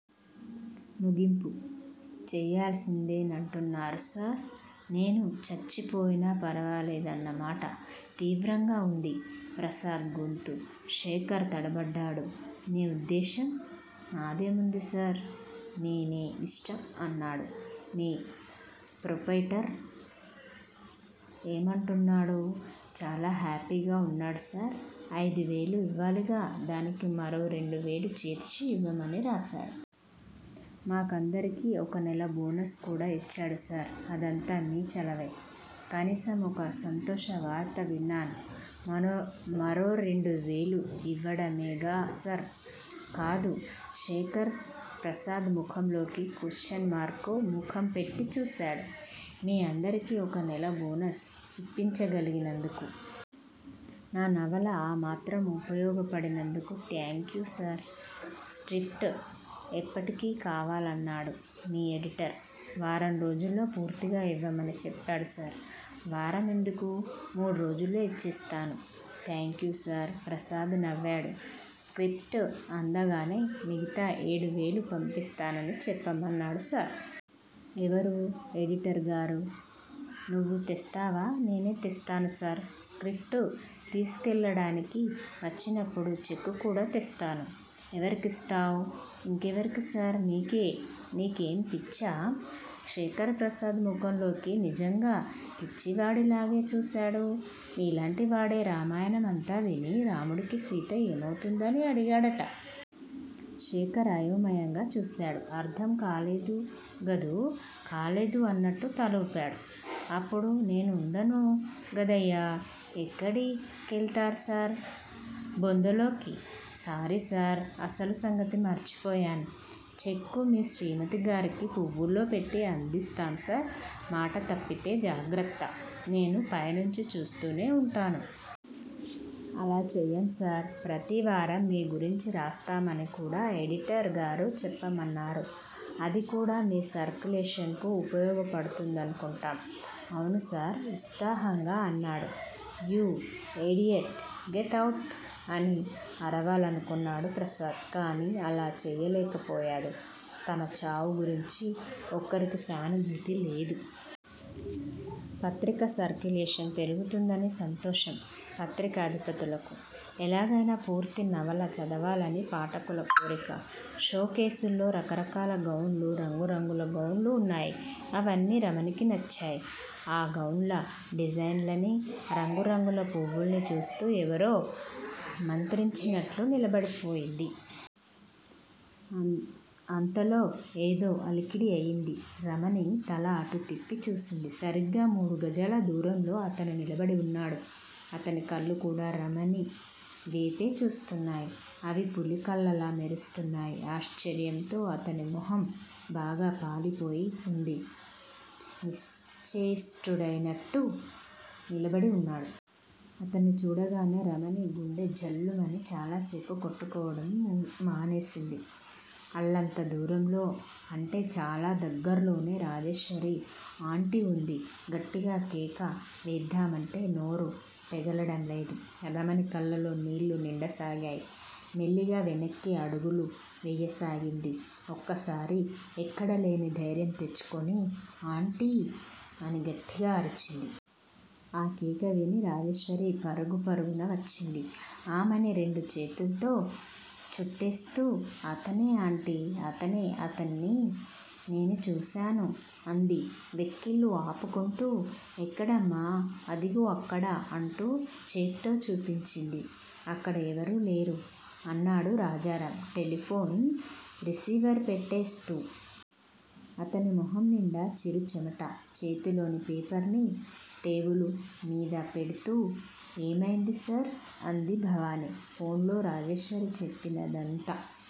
ముగింపు చెయ్యాల్సిందేనంటున్నారు సర్! నేను చచ్చిపోయినా పర్వాలేదన్న మాట! తీవ్రంగా ఉంది ప్రసాద్ గొంతు. శేఖర్ తడబడ్డాడు. నీ ఉద్దేశ్యం? నాదేముంది సర్! మీ మీ ఇష్టం! అన్నాడు. మీ ప్రొప్రయిటర్ ఏమంటున్నాడు? చాలా హ్యాపీగా ఉన్నాడు సర్! ఐదు వేలు ఇవ్వాలిగా? దానికి మరో రెండు వేలు చేర్చి ఇవ్వమని రాశాడు. మా కందరికి ఒక నెల బోనస్ కూడా ఇచ్చాడు సర్! అదంతా మీ చలవే! కనీసం ఒక సంతోష వార్త విన్నాను. మరో రెండు వేలు ఇవ్వడమేగా సర్! కాదు. శేఖర్ ప్రసాద్ ముఖంలోకి క్వశ్చన్ మార్కు ముఖం పెట్టి చూశాడు. మీ అందరికీ ఒక నెల బోనస్ ఇప్పించగలిగినందుకు. నా నవల ఆ మాత్రం ఉపయోగపడినందుకు. Thank you sir! స్క్రిప్టు ఎప్పటికి కావాలన్నాడు మీ ఎడిటర్? వారం రోజుల్లో పూర్తిగా ఇవ్వమని చెప్పాడు సర్! వారం ఎందుకూ? మూడు రోజుల్లో ఇచ్చేస్తాను. Thank you sir! ప్రసాద్ నవ్వాడు. స్క్రిప్టు అందగానే మిగతా ఏడు వేలు పంపిస్తానని చెప్పమన్నాడు సర్! ఎవరు? ఎడిటర్ గారు! నువ్వు తెస్తావా? నేనే తెస్తాను సర్! స్క్రిప్టు తీసుకెళ్ళడానికి వచ్చినప్పుడు చెక్కు కూడా తెస్తాను. ఎవరికిస్తావ్? ఇంకెవరికి సర్? మీకే! నీకేం పిచ్చా? శేఖర్ ప్రసాద్ ముఖంలోకి నిజంగా పిచ్చివాడిలాగే చూశాడు. నీలాంటివాడే రామాయణం అంతా విని రాముడికి సీత ఏమౌతుందని అడిగాడట. శేఖర్ అయోమయంగా చూశాడు. అర్థం కాలేదుగదూ? 'కాలేదు' అన్నట్టు తల ఊపాడు. అప్పుడు నేను ఉండను గదయ్యా! ఎక్కడి కెళ్తారు సర్? బొందలోకి! Sorry sir! అసలు సంగతి మర్చిపోయాను. చెక్కు మీ శ్రీమతిగారికి పువ్వుల్లో పెట్టి అందిస్తాం సర్! మాట తప్పితే జాగ్రత్త! నేను పైనుంచి చూస్తూనే ఉంటాను. అలా చెయ్యం సార్! ప్రతి వారం మీ గురించి రాస్తామని కూడా ఎడిటర్ గారు చెప్పమన్నారు. అదికూడా మీ సర్క్యులేషన్ కు ఉపయోగపడ్తుందనుకొంటాను. అవును సర్! ఉత్సాహంగా అన్నాడు. 'You idiot! Get out! ' అని అరవాలనుకొన్నాడు ప్రసాద్. కాని అలా చెయ్యలేకపోయాడు. తన చావు గురించి ఒక్కరికీ సానుభూతి లేదు. పత్రిక సర్కులేషన్ పెరుగుతుందని సంతోషం పత్రిక అధిపతులకు. ఎలాగయినా పూర్తి నవల చదవాలని పాఠకుల కోరిక. షో కేసుల్లో రకరకాల గౌన్లు రంగు రంగుల గౌన్లు ఉన్నాయి. అవన్నీ రమణికి నచ్చాయి. ఆ గౌన్ల డిజైన్లనీ, రంగు రంగుల పువ్వుల్నీ చూస్తూ ఎవరో మంత్రించినట్లు నిలబడిపోయింది. అంతలో ఏదో అలికిడి అయింది. రమణి తల అటు తిప్పి చూసింది. సరిగ్గా మూడు గజాల దూరంలో 'అతను' నిలబడి ఉన్నాడు! అతని కళ్ళు కూడా రమణి వేపే చూస్తునాయి. అవి పులి కళ్ళలా మెరుస్తున్నాయి. ఆశ్చర్యంతో 'అతని' మొహం బాగా పాలిపోయి ఉంది. నిశ్చేష్టుడైనట్టు నిలబడి ఉన్నాడు. అతన్ని చూడగానే రమణి గుండె ఝల్లుమని చాలాసేపు కొట్టుకోవటం మానేసింది. అల్లంత దూరంలో అంటే చాలా దగ్గర్లోనే రాజేశ్వరి ఆంటీ ఉంది. గట్టిగా కేక వేద్దామంటే నోరు పెగలడం లేదు. రమణి కళ్ళలో నీళ్ళు నిండసాగాయి. మెల్లిగా వెనక్కి అడుగులు వెయ్యసాగింది. ఒక్కసారి ఎక్కడలేని ధైర్యం తెచ్చుకుని ఆంటీ అని గట్టిగా అరిచింది. ఆ కేక విని రాజేశ్వరి పరుగు పరుగున వచ్చింది. ఆమెని రెండు చేతుల్తో చుట్టేస్తూ అతనే ఆంటీ అతనే! అతన్ని నేను చూశాను! అంది వెక్కిళ్ళు ఆపుకొంటూ. ఎక్కడమ్మా? అదిగో అక్కడ! అంటూ చేత్తో చూపించింది. అక్కడ ఎవరూ లేరు! అన్నాడు రాజారామ్ టెలిఫోన్ రిసీవర్ పెట్టేస్తూ. అతని మొహం నిండా చిరు చెమట. చేతిలోని పేపర్ని టేబిలు మీద పెడ్తూ ఏమయింది సర్? అంది భవాని. ఫోన్ లో రాజేశ్వరి చెప్పినదంతా